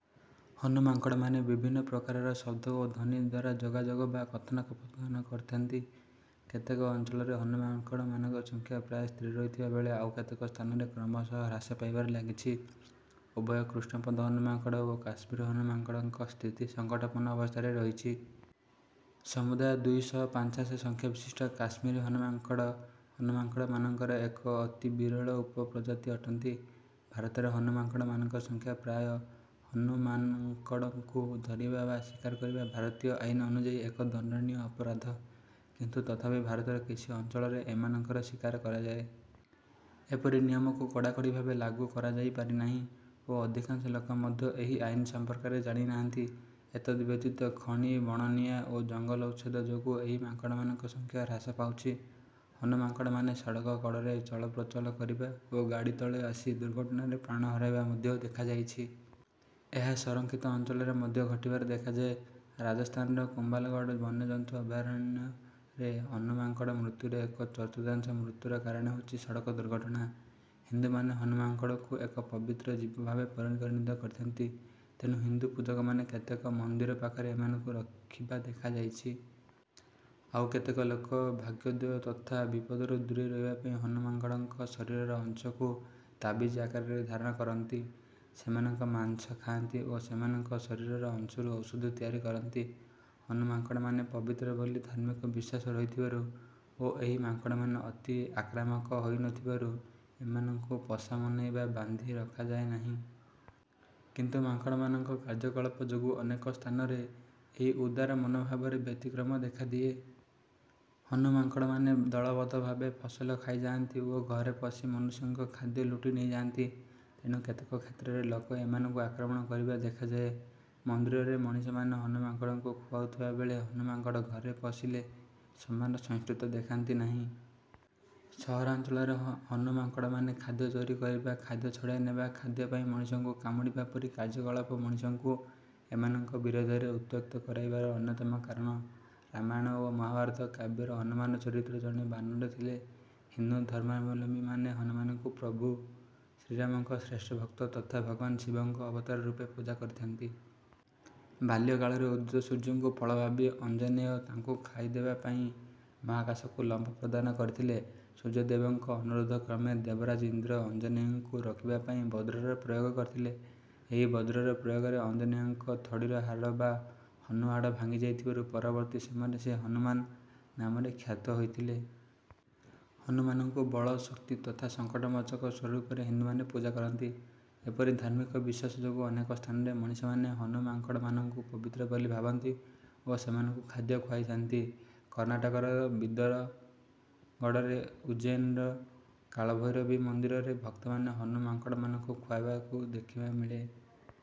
ହନୁ ମାଙ୍କଡ଼ମାନେ ବିଭିନ୍ନ ପ୍ରକାରର ଶବ୍ଦ ଓ ଧ୍ୱନି ଦ୍ୱାରା ଯୋଗାଯୋଗ ବା କଥୋପକଥନ କରିଥାନ୍ତି। କେତେକ ଅଞ୍ଚଳରେ ହନୁ ମାଙ୍କଡ଼ମାନଙ୍କ ସଂଖ୍ୟା ପ୍ରାୟ ସ୍ଥିର ରହିଥିବା ବେଳେ ଆଉ କେତେକ ସ୍ଥାନରେ କ୍ରମଶଃ ହ୍ରାସ ପାଇବାରେ ଲାଗିଛି। ଉଭୟ କୃଷ୍ଣପଦ ହନୁ ମାଙ୍କଡ଼ ଓ କାଶ୍ମୀରୀ ହନୁ ମାଙ୍କଡ଼ଙ୍କ ସ୍ଥିତି ସଙ୍କଟାପନ୍ନ ଅବସ୍ଥାରେ ରହିଛି। ସମୁଦାୟ ଦୁଇ ଶହ ପାଞ୍ଚାଶ ସଂଖ୍ୟାବିଶିଷ୍ଟ କାଶ୍ମୀରୀ ହନୁ ମାଙ୍କଡ଼, ହନୁ ମାଙ୍କଡ଼ମାନଙ୍କର ଏକ ଅତି ବିରଳ ଉପପ୍ରଜାତି ଅଟନ୍ତି। ଭାରତରେ ହନୁ ମାଙ୍କଡ଼ମାନଙ୍କ ସଂଖ୍ୟା ପ୍ରାୟ। ହନୁ ମାଙ୍କଡ଼ଙ୍କୁ ଧରିବା ବା ଶିକାର କରିବା ଭାରତୀୟ ଆଇନ ଅନୁଯାୟୀ ଏକ ଦଣ୍ଡନୀୟ ଅପରାଧ, କିନ୍ତୁ ତଥାପି ଭାରତର କିଛି ଅଞ୍ଚଳରେ ଏମାନଙ୍କର ଶିକାର କରାଯାଏ। ଏପରି ନିୟମକୁ କଡ଼ାକଡ଼ି ଭାବେ ଲାଗୁ କରାଯାଇପାରିନାହିଁ ଓ ଅଧିକାଂଶ ଲୋକ ମଧ୍ୟ ଏହି ଆଇନ ସମ୍ପର୍କରେ ଜାଣିନାହାନ୍ତି। ଏତଦ ବ୍ୟତୀତ ଖଣି, ବଣନିଆଁ ଓ ଜଙ୍ଗଲ ଉଚ୍ଛେଦ ଯୋଗୁଁ ଏହି ମାଙ୍କଡ଼ମାନଙ୍କ ସଂଖ୍ୟା ହ୍ରାସ ପାଉଛି। ହନୁ ମାଙ୍କଡ଼ମାନେ ସଡ଼କ କଡ଼ରେ ଚଳପ୍ରଚଳ କରିବା ଓ ଗାଡ଼ି ତଳେ ଆସି ଦୁର୍ଘଟଣାରେ ପ୍ରାଣ ହରାଇବା ମଧ୍ୟ ଦେଖାଯାଇଛି। ଏହା ସଂରକ୍ଷିତ ଅଞ୍ଚଳରେ ମଧ୍ୟ ଘଟିବାର ଦେଖାଯାଏ, ରାଜସ୍ଥାନର କୁମ୍ଭାଲଗଡ଼ ବନ୍ୟଜନ୍ତୁ ଅଭୟାରଣ୍ୟରେ ହନୁ ମାଙ୍କଡ଼ ମୃତ୍ୟୁର ଏକ ଚତୁର୍ଥାଂଶ ମୃତ୍ୟୁର କାରଣ ହେଉଛି ସଡ଼କ ଦୁର୍ଘଟଣା। ହିନ୍ଦୁମାନେ ହନୁ ମାଙ୍କଡ଼କୁ ଏକ ପବିତ୍ର ଜୀବ ଭାବେ ପରିଗଣିତ କରିଥାନ୍ତି। ତେଣୁ ହିନ୍ଦୁ ପୂଜକମାନେ କେତେକ ମନ୍ଦିର ପାଖରେ ଏମାନଙ୍କୁ ରଖିବା ଦେଖାଯାଇଛି। ଆଉ କେତେକ ଲୋକ ଭାଗ୍ୟୋଦୟ ତଥା ବିପଦରୁ ଦୂରେଇ ରହିବା ପାଇଁ ହନୁ ମାଙ୍କଡ଼ଙ୍କ ଶରୀରର ଅଂଶକୁ ତାବିଜ ଆକାରରେ ଧାରଣ କରନ୍ତି, ସେମାନଙ୍କ ମାଂସ ଖାଆନ୍ତି ଓ ସେମାନଙ୍କ ଶରୀରର ଅଂଶରୁ ଔଷଧ ତିଆରି କରନ୍ତି। ହନୁ ମାଙ୍କଡ଼ମାନେ ପବିତ୍ର ବୋଲି ଧାର୍ମିକ ବିଶ୍ୱାସ ରହିଥିବାରୁ ଓ ଏହି ମାଙ୍କଡ଼ମାନେ ଅତି ଆକ୍ରାମକ ହୋଇନଥିବାରୁ ଏମାନଙ୍କୁ ପୋଷା ମନାଇ ବା ବାନ୍ଧି ରଖାଯାଏ ନାହିଁ। କିନ୍ତୁ ମାଙ୍କଡ଼ମାନଙ୍କ କାର୍ଯ୍ୟକଳାପ ଯୋଗୁଁ ଅନେକ ସ୍ଥାନରେ ଏହି ଉଦାର ମନୋଭାବରେ ବ୍ୟତିକ୍ରମ ଦେଖାଦିଏ। ହନୁ ମାଙ୍କଡ଼ମାନେ ଦଳବଦ୍ଧ ଭାବେ ଫସଲ ଖାଇଯାଆନ୍ତି ଓ ଘରେ ପଶି ମନୁଷ୍ୟଙ୍କ ଖାଦ୍ୟ ଲୁଟି ନେଇଯାନ୍ତି। ତେଣୁ କେତେକ କ୍ଷେତ୍ରରେ ଲୋକେ ଏମାନଙ୍କୁ ଆକ୍ରମଣ କରିବା ଦେଖାଯାଏ। ମନ୍ଦିରରେ ମଣିଷମାନେ ହନୁ ମାଙ୍କଡ଼ଙ୍କୁ ଖୁଆଉଥିବା ବେଳେ ହନୁ ମାଙ୍କଡ଼ ଘରେ ପଶିଲେ ସମାନ ସହିଷ୍ଣୁତା ଦେଖାନ୍ତି ନାହିଁ। ସହରାଞ୍ଚଳରେ ହନୁ ମାଙ୍କଡ଼ମାନେ ଖାଦ୍ୟ ଚୋରି କରିବା, ଖାଦ୍ୟ ଛଡ଼ାଇ ନେବା, ଖାଦ୍ୟ ପାଇଁ ମଣିଷଙ୍କୁ କାମୁଡ଼ିବା ପରି କାର୍ଯ୍ୟକଳାପ ମଣିଷଙ୍କୁ ଏମାନଙ୍କ ବିରୋଧରେ ଉତ୍ତ୍ୟକ୍ତ କରାଇବାର ଅନ୍ୟତମ କାରଣ। ରାମାୟଣ ଓ ମହାଭାରତ କାବ୍ୟର ହନୁମାନ ଚରିତ୍ର ଜଣେ ବାନର ଥିଲେ। ହିନ୍ଦୁ ଧର୍ମାବଲମ୍ବୀମାନେ ହନୁମାନଙ୍କୁ ପ୍ରଭୁ ଶ୍ରୀରାମଙ୍କ ଶ୍ରେଷ୍ଠ ଭକ୍ତ ତଥା ଭଗବାନ ଶିବଙ୍କ ଅବତାର ରୂପେ ପୂଜା କରିଥାନ୍ତି। ବାଲ୍ୟକାଳରେ ଉଦିତ ସୂର୍ଯ୍ୟଙ୍କୁ ଫଳ ଭାବି ଅଞ୍ଜନେୟ ତାଙ୍କୁ ଖାଇଦେବା ପାଇଁ ମହାକାଶକୁ ଲମ୍ଫ ପ୍ରଦାନ କରିଥିଲେ। ସୂର୍ଯ୍ୟଦେବଙ୍କ ଅନୁରୋଧ କ୍ରମେ ଦେବରାଜ ଇନ୍ଦ୍ର ଅଞ୍ଜନେୟଙ୍କୁ ରୋକିବା ପାଇଁ ବଜ୍ରର ପ୍ରୟୋଗ କରିଥିଲେ। ଏହି ବଜ୍ରର ପ୍ରୟୋଗରେ ଅଞ୍ଜନେୟଙ୍କ ଥୋଡ଼ିର ହାଡ଼ ବା ହନୁ ହାଡ଼ ଭାଙ୍ଗିଯାଇଥିବାରୁ ପରବର୍ତ୍ତୀ ସମୟରେ ସେ ହନୁମାନ ନାମରେ ଖ୍ୟାତ ହୋଇଥିଲେ। ହନୁମାନଙ୍କୁ ବଳ, ଶକ୍ତି ତଥା ସଙ୍କଟମୋଚକ ସ୍ୱରୂପରେ ହିନ୍ଦୁମାନେ ପୂଜା କରନ୍ତି। ଏପରି ଧାର୍ମିକ ବିଶ୍ୱାସ ଯୋଗୁଁ ଅନେକ ସ୍ଥାନରେ ମଣିଷମାନେ ହନୁ ମାଙ୍କଡ଼ମାନଙ୍କୁ ପବିତ୍ର ବୋଲି ଭାବନ୍ତି ଓ ସେମାନଙ୍କୁ ଖାଦ୍ୟ ଖୁଆଇଥାନ୍ତି। କର୍ଣ୍ଣାଟକର ବିଦର ଗଡ଼ରେ, ଉଜ୍ଜୈନର କାଳଭୈରବୀ ମନ୍ଦିରରେ ଭକ୍ତମାନେ ହନୁ ମାଙ୍କଡ଼ମାନଙ୍କୁ ଖୁଆଇବା ଦେଖିବାକୁ ମିଳେ।